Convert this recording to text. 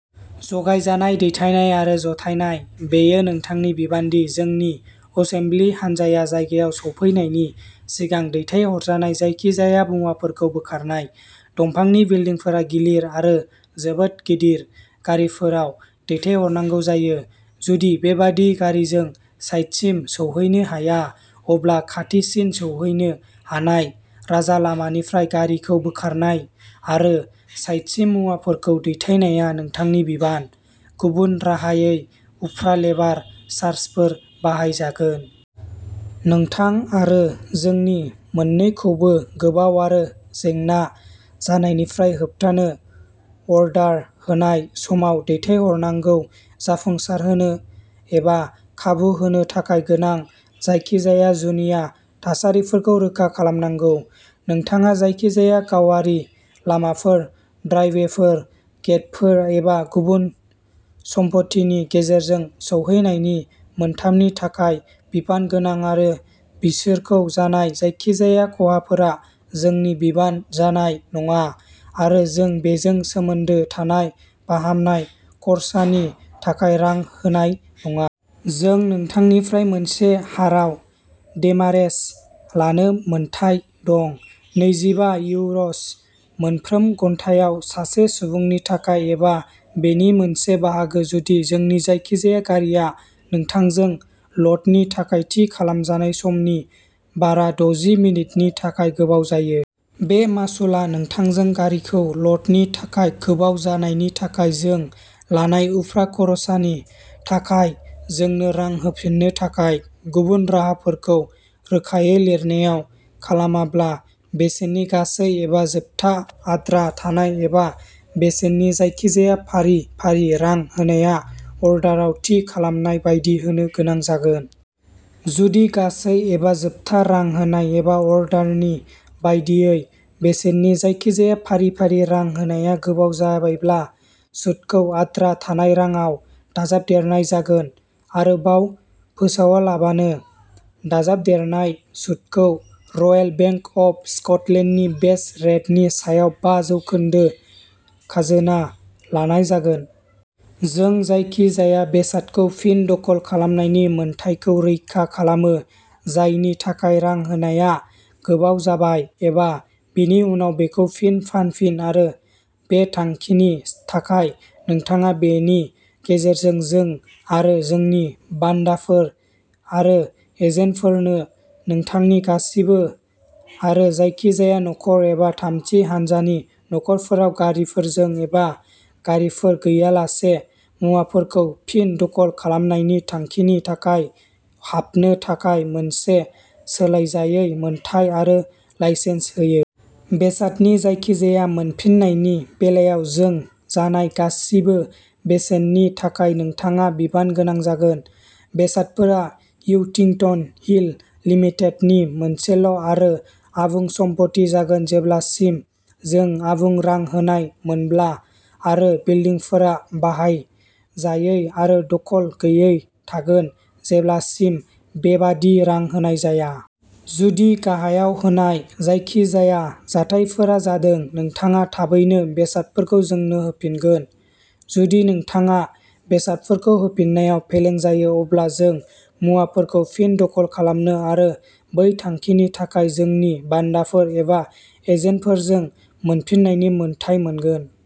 जगायजानाय दैथायनाय आरो जथायनाय बेयो नोंथांनि बिबान दि जोंनि असेम्बलि हान्जाया जायगायाव सफैनायनि सिगां दैथायहरजानाय जायखिजाया मुवाफोरखौ बोखारनाय। दंफांनि बिल्दिंफोरा गिलिर आरो जोबोद गिदिर गारिफोराव दैथायहरनांगौ जायो। जुदि बेबादि गारिजों साइटसिम सौहैनो हाया, अब्ला खाथिसिन सौहैनो हानाय राजालामानिफ्राय गारिखौ बोखारनाय आरो साइटसिम मुवाफोरखौ दैथायनाया नोंथांनि बिबान, गुबुन राहायै उफ्रा लेबार चार्जफोर बाहायजागोन। नोंथां आरो जोंनि मोननैखौबो गोबाव आरो जेंना जानायनिफ्राय होबथानो अर्डार होनाय समाव दैथायहरनायखौ जाफुंसारहोनो एबा खाबु होनो थाखाय गोनां जायखिजाया जुनिया थासारिफोरखौ रोखा खालामनांगौ। नोंथाङा जायखिजाया गावारि लामाफोर, ड्राइभवेफोर, गेटफोर एबा गुबुन सम्पथिनि गेजेरजों सौहैनायनि मोथामनि थाखाय बिबान गोनां आरो बिसोरखौ जानाय जायखिजाया खहाफोरा जोंनि बिबान जानाय नङा आरो जों बेजों सोमोन्दो थानाय फाहामनाय खरसानि थाखाय रां होनाय नङा। जों नोंथांनिफ्राय मोनसे हाराव डेमारेज लानो मोन्थाइ दं। नैजिबा इउर’स मोनफ्रोम घन्टायाव सासे सुबुंनि थाखाय, एबा बेनि मोनसे बाहागो, जुदि जोंनि जायखिजाया गारिआ नोंथांजों लदनि थाखाय थि खालामजानाय समनि बारा दजि मिनिटनि थाखाय गोबाव जायो। बे मासुलआ नोंथांजों गारिखौ लदनि थाखाय गोबाव जानायनि थाखाय जों लानाय उफ्रा खरसानि थाखाय जोंनो रां होफिननो थाखाय। गुबुन राहाफोरखौ रोखायै लिरनायाव खालामाब्ला, बेसेननि गासै एबा जोबथा आद्रा थानाय एबा बेसेननि जायखिजाया फारि-फारि रां होनाया अर्डाराव थि खालामनाय बायदि होनो गोनां जागोन। जुदि गासै एबा जोबथा रां होनाय एबा अर्डारनि बायदियै बेसेननि जायखिजाया फारि-फारि रां होनाया गोबाव जाबायब्ला, सुदखौ आद्रा थानाय राङाव दाजाबदेरनाय जागोन, आरोबाव फोसावालाबानो। दाजाबदेरनाय सुतखौ रयेल बेंक अफ स्कटलेन्डनि बेस रेटनि सायाव बा जौखोनदो खाजोना लानाय जागोन। जों जायखिजाया बेसादखौ फिन दखल खालामनायनि मोन्थाइखौ रैखा खालामो, जायनि थाखाय रां होनाया गोबाव जाबाय आरो बेनि उनाव बेखौ फिन फानफिन आरो बे थांखिनि थाखाय नोंथाङा बेनि गेजेरजों जों आरो जोंनि बान्दाफोर आरो एजेन्टफोरनो नोंथांनि गासिबो आरो जायखिजाया न'खर एबा थामथि हान्जानि न'खरफोराव, गारिफोरजों एबा गारिफोर गैयालासे, मुवाफोरखौ फिन दखल खालामनायनि थांखिनि थाखाय हाबनो थाखाय मोनसे सोलायजायै मोन्थाइ आरो लाइसेन्स होयो। बेसादनि जायखिजाया मोनफिननायनि बेलायाव जों जानाय गासिबो बेसेननि थाखाय नोंथाङा बिबान गोनां जागोन। बेसादफोरा उइथिंटन हिल लिमिटेडनि मोनसेल'आरो आबुं सम्पथि जागोन जेब्लासिम जों आबुं रां होनाय मोनला आरो बिल्दिंफोरा बाहायजायै आरो दखल गैयै थागोन जेब्लासिम बेबादि रां होनाय जाया। जुदि गाहायाव होनाय जायखिजाया जाथायफोरा जादों। नोंथाङा थाबैनो बेसादफोरखौ जोंनो होफिनगोन। जुदि नोंथाङा बेसादफोरखौ होफिननायाव फेलें जायो, अब्ला जों मुवाफोरखौ फिन दखल खालामनो आरो बै थांखिनि थाखाय, जोंनि बान्दाफोर एबा एजेन्टफोरजों, मोनफिननायनि मोनथाय मोनगोन।